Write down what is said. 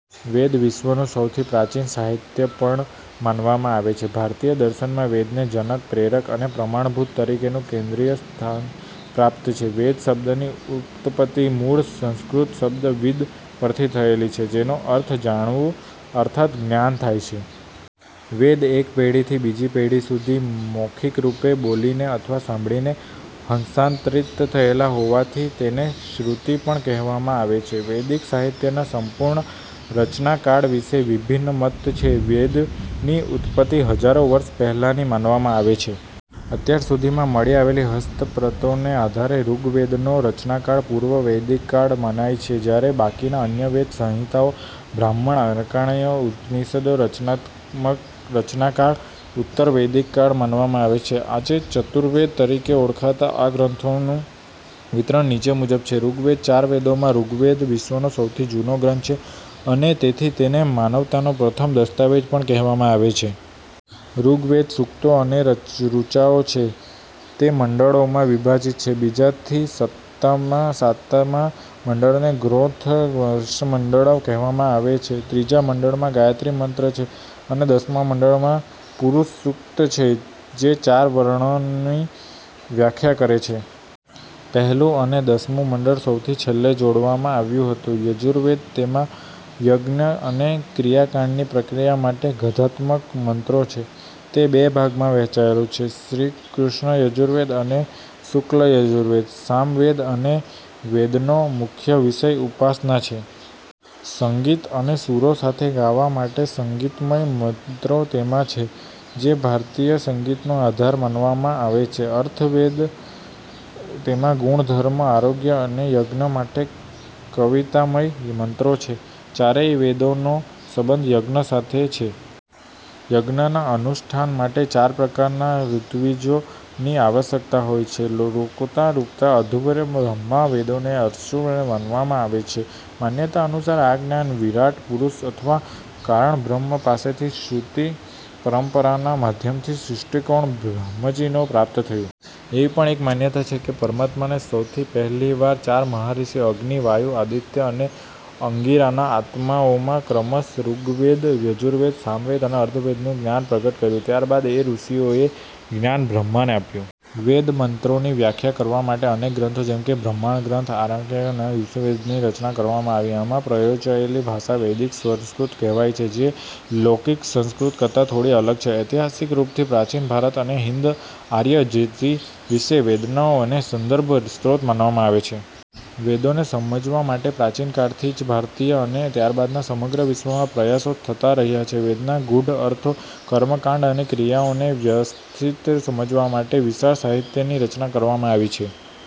વેદ વિશ્વનું સૌથી પ્રાચીન સાહિત્ય પણ માનવામાં આવે છે. ભારતીય દર્શનમાં વેદને જનક, પ્રેરક અને પ્રમાણભૂત તરીકેનું કેન્દ્રીય સ્થાન પ્રાપ્ત છે. 'વેદ' શબ્દની ઉત્પત્તિ મૂળ સંસ્કૃત શબ્દ 'વિદ્' પરથી થયેલી છે, જેનો અર્થ 'જાણવું' અર્થાત જ્ઞાન થાય છે. વેદ એક પેઢીથી બીજી પેઢી સુધી મૌખિકરૂપે બોલીને તથા સાંભળીને હસ્તાંતરિત થયેલા હોવાથી તેને શ્રુતિ પણ કહેવામાં આવે છે. વૈદિક સાહિત્યના સંપૂર્ણ રચનાકાળ વિશે વિભિન્ન મત છે. વેદની ઉત્પત્તિ હજારો વર્ષો પહેલાની માનવામાં આવે છે. અત્યાર સુધીમાં મળી આવેલી હસ્તપ્રતોને આધારે ઋગ્વેદનો રચનાકાળ પૂર્વ વૈદિક કાળ મનાય છે, જ્યારે બાકીના અન્ય વેદ, સંહિતાઓ, બ્રાહ્મણ, આરણ્યક તેમજ ઉપનિષદોનો રચનાકાળ ઉત્તર વૈદિક કાળ માનવામાં આવે છે. આજે 'ચતુર્વેદ' તરીકે ઓળખાતા આ ગ્રંથોનું વિવરણ નીચે મુજબ છે: ઋગ્વેદ ચાર વેદોમાં ઋગ્વેદ વિશ્વનો સૌથી જૂનો ગ્રંથ છે અને તેથી તેને માનવતાનો પ્રથમ દસ્તાવેજ પણ કહેવામાં આવે છે. ઋગ્વેદમાં સૂક્તો અને ઋચાઓ છે. તે મંડળોમાં વિભાજિત છે. બીજાથી સાતમા મંડળને 'ગોત્ર/વંશ મંડળ' કહેવામાં આવે છે. ત્રીજા મંડળમાં ગાયત્રી મંત્ર છે અને દસમા મંડળમાં પુરુષસૂક્ત છે, જે ચાર વર્ણો ની વ્યાખ્યા કરે છે. પહેલું અને દસમું મંડળ સૌથી છેલ્લે જોડવામાં આવ્યું હતું. યજુર્વેદ તેમાં યજ્ઞ અને ક્રિયાકાંડની પ્રક્રિયા માટે ગદ્યાત્મક મંત્રો છે. તે બે ભાગમાં વહેંચાયેલું છે: કૃષ્ણ યજુર્વેદ અને શુક્લ યજુર્વેદ. સામવેદ આ વેદનો મુખ્ય વિષય ઉપાસના છે. સંગીત અને સૂરો સાથે ગાવા માટે સંગીતમય મંત્રો તેમાં છે. તે ભારતીય સંગીતનો આધાર માનવામાં આવે છે. અથર્વવેદ તેમાં ગુણ, ધર્મ, આરોગ્ય અને યજ્ઞ માટે કવિતામય મંત્રો છે. ચારેય વેદોનો સંબંધ યજ્ઞ સાથે છે. યજ્ઞના અનુષ્ઠાન માટે ચાર પ્રકારના ઋત્વિજો ની આવશ્યકતા હોય છે: હોતા ઉદ્ગાતા અધ્વર્યુ બ્રહ્મા વેદોને અપૌરુષેય માનવામાં આવે છે. માન્યતા અનુસાર આ જ્ઞાન વિરાટપુરુષ અથવા કારણબ્રહ્મ પાસેથી શ્રુતિ પરંપરાના માધ્યમથી સૃષ્ટિકર્તા બ્રહ્માજીએ પ્રાપ્ત કર્યું હતું. એવી પણ એક માન્યતા છે કે પરમાત્માએ સૌથી પહેલા ચાર મહર્ષિઓ અગ્નિ, વાયુ, આદિત્ય અને અંગિરા ના આત્માઓમાં ક્રમશઃ ઋગ્વેદ, યજુર્વેદ, સામવેદ અને અથર્વવેદનું જ્ઞાન પ્રગટ કર્યું. ત્યારબાદ તે ઋષિઓએ આ જ્ઞાન બ્રહ્માને આપ્યું. વેદ મંત્રોની વ્યાખ્યા કરવા માટે અનેક ગ્રંથો જેમ કે બ્રાહ્મણ-ગ્રંથ, આરણ્યક અને ઉપનિષદોની રચના કરવામાં આવી. આમાં પ્રયોજાયેલી ભાષા વૈદિક સંસ્કૃત કહેવાય છે, જે લૌકિક સંસ્કૃત કરતા થોડી અલગ છે. ઐતિહાસિક રૂપથી પ્રાચીન ભારત અને હિંદ-આર્ય જાતિ વિશે વેદોને એક સારો સંદર્ભ સ્ત્રોત માનવામાં આવે છે. વેદોને સમજવા માટે પ્રાચીન કાળથી જ ભારતીય અને ત્યારબાદ સમગ્ર વિશ્વમાં પ્રયાસો થતા રહ્યા છે. વેદના ગૂઢ અર્થો, કર્મકાંડ અને ક્રિયાઓને વ્યવસ્થિત સમજવા માટે વિશાળ સાહિત્યની રચના કરવામાં આવી છે.